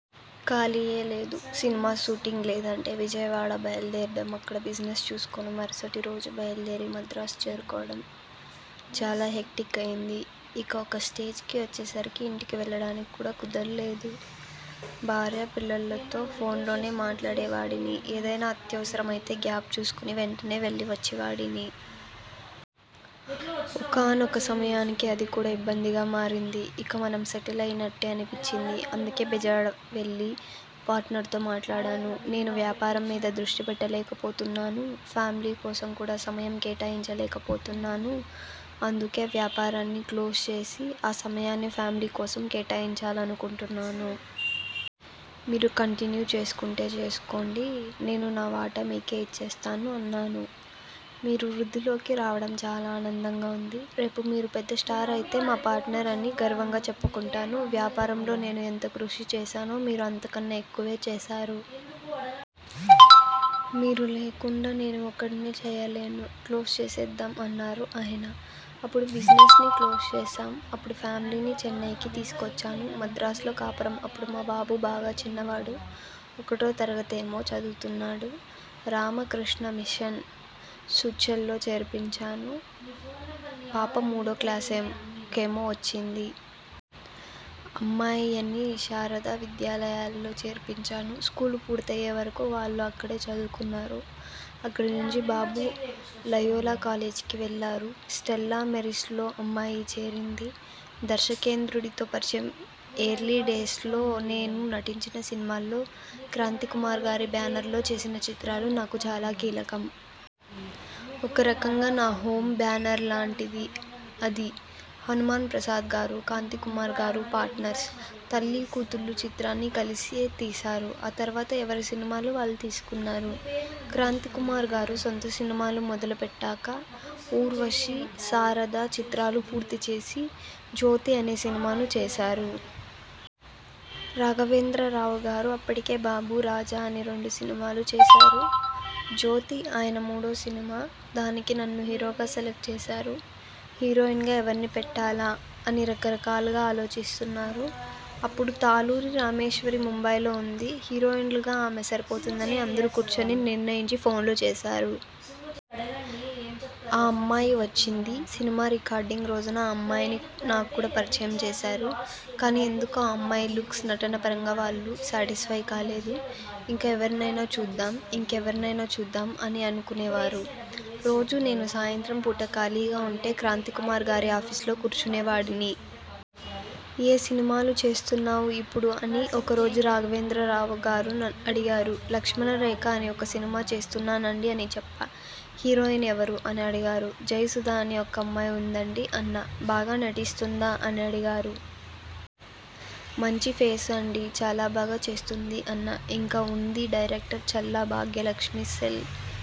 ఖాళీయే లేదు. Cinema shooting లేదంటే విజయవాడ బయలుదేరడం, అక్కడ బిజినెస్ చూసుకుని మరుసటిరోజు బయలుదేరి మద్రాసు చేరుకోవడం'. చాలా హెక్టిక్ అయింది ఇక ఒక స్టేజ్కి వచ్చే సరికి ఇంటికి వెళ్లడానికి కూడా కుదరలేదు. భార్యా పిల్లలతో ఫోన్లోనే మాట్లాడే వాడిని. ఏదైనా అత్యవసరం అయితే, గ్యాప్ చూసుకుని వెంటనే వెళ్లి వచ్చేవాడిని. ఒకానొక సమయానికి అది కూడా ఇబ్బందిగా మారింది. ''ఇక మనం సెటిల్ అయినట్టే'' అనిపించింది. అందుకే బెజవాడ వెళ్లి పార్ట్నర్తో మాట్లాడాను. ''నేను వ్యాపారం మీద దృష్టి పెట్టలేకపోతున్నాను. ఫ్యామిలీ కోసం కూడా సమయం కేటాయించలేక పోతున్నాను. అందుకే వ్యాపారాన్ని క్లోజ్ చేసి ఆ సమయాన్ని ఫ్యామిలీ కోసం కేటాయించాలనుకుంటున్నాను. మీరు కంటిన్యూ చేసుకుంటే చేసుకోండి. నేను నా వాటా మీకే ఇచ్చేస్తాను'' అన్నాను. 'మీరు వృద్ధిలోకి రావడం చాలా ఆనందంగా ఉంది. రేపు మీరు పెద్ద స్టార్ అయితే మా పార్ట్నర్ అని గర్వంగా చెప్పుకుంటాను. వ్యాపారంలో నేను ఎంత కృషి చేశానో, మీరు అంతకన్నా ఎక్కువే చేశారు. మీరు లేకుండా నేను ఒక్కడినే చేయలేను, క్లోజ్ చేసేద్దాం''అన్నారు ఆయన. అప్పుడు బిజినెస్ని క్లోజ్ చేశాం. అప్పుడే ఫ్యామిలీని చెన్నైకి తీసుకొచ్చాను. మద్రాసులో కాపురం అప్పుడు మా బాబు బాగా చిన్నవాడు. ఒకటో తరగతేమో చదువుతున్నాడు. రామకృష్ణా మిషన్ స్చూల్లో చేర్పించాను. పాప మూడో క్లాసుకేమో వచ్చింది. అమ్మాయిని శారదా విద్యాలయలో చేర్పించాను. స్కూలు పూర్తయ్యే వరకు వాళ్లు అక్కడే చదువుకున్నారు. అక్కడి నుంచి బాబు లయోలా కాలేజీకి వెళ్లారు. స్టెల్లా మేరీస్లో అమ్మాయి చేరింది. దర్శకేంద్రుడితో పరిచయం ఎర్లీ డేస్లో నేను నటించిన సినిమాల్లో క్రాంతికుమార్ గారి బ్యానర్లో చేసిన చిత్రాలు నాకు చాలా కీలకం. ఒక రకంగా నా హోమ్ బ్యానర్లాంటిది అది. హనుమాన్ ప్రసాద్ గారు, క్రాంతికుమార్ గారు పార్ట్నర్స్. 'తల్లీకూతుళ్లు' చిత్రాన్ని కలిసే తీశారు. ఆ తర్వాత ఎవరి సినిమాలు వాళ్లు తీసుకున్నారు. క్రాంతికుమార్ గారు సొంత సినిమాలు మొదలు పెట్టాక 'ఊర్వశి', 'శారద' చిత్రాలు పూర్తిచేసి, 'జ్యోతి' అనే సినిమా చేశారు. రాఘవేంద్రరావు గారు అప్పటికే 'బాబు', 'రాజా' అని రెండు సినిమాలు చేశారు. 'జ్యోతి' ఆయన మూడో సినిమా. దానికి నన్ను హీరోగా సెలక్ట్ చేశారు. హీరోయిన్గా ఎవరిని పెట్టాలా? అని రకరకాలుగా ఆలోచిస్తున్నారు.. అప్పుడు తాళ్లూరి రామేశ్వరి ముంబైలో ఉంది. హీరోయిన్గా ఆమె సరిపోతుందని అందరూ కూర్చుని నిర్ణయించి ఫోన్లు చేశారు. ఆ అమ్మాయి వచ్చింది. సినిమా రికార్డింగ్ రోజున ఆ అమ్మాయిని నాక్కూడా పరిచయం చేశారు. కానీ ఎందుకో ఆ అమ్మాయి లుక్స్, నటన పరంగా వాళ్లు శాటిస్ఫై కాలేదు. ఇంకెవరినైనా చూద్దాం, ఇంకెవరినైనా చూద్దాం అని అనుకునేవారు. రోజూ నేను సాయంత్రం పూట ఖాళీగా ఉంటే క్రాంతికుమార్ గారి ఆఫీసులో కూర్చునేవాడిని. 'ఏ సినిమాలు చేస్తున్నావు ఇప్పుడు' అని ఒక రోజు రాఘవేంద్రరావు గారు అడిగారు. 'లక్ష్మణ రేఖ' అని ఒక సినిమా చేస్తున్నానండీ'' అని చెప్పా. 'హీరోయిన్ ఎవరు? ' అని అడిగారు. ''జయసుధ అని ఒకమ్మాయి ఉందండీ'' అన్నా. 'బాగా నటిస్తోందా? ' అని అడిగారు. ''మంచి ఫేసు అండీ. చాలా బాగా చేస్తోంది'' అన్నా. ఇంకా ఉంది డైరేక్టర్ చల్లా భాగ్యలక్ష్మీ సెల్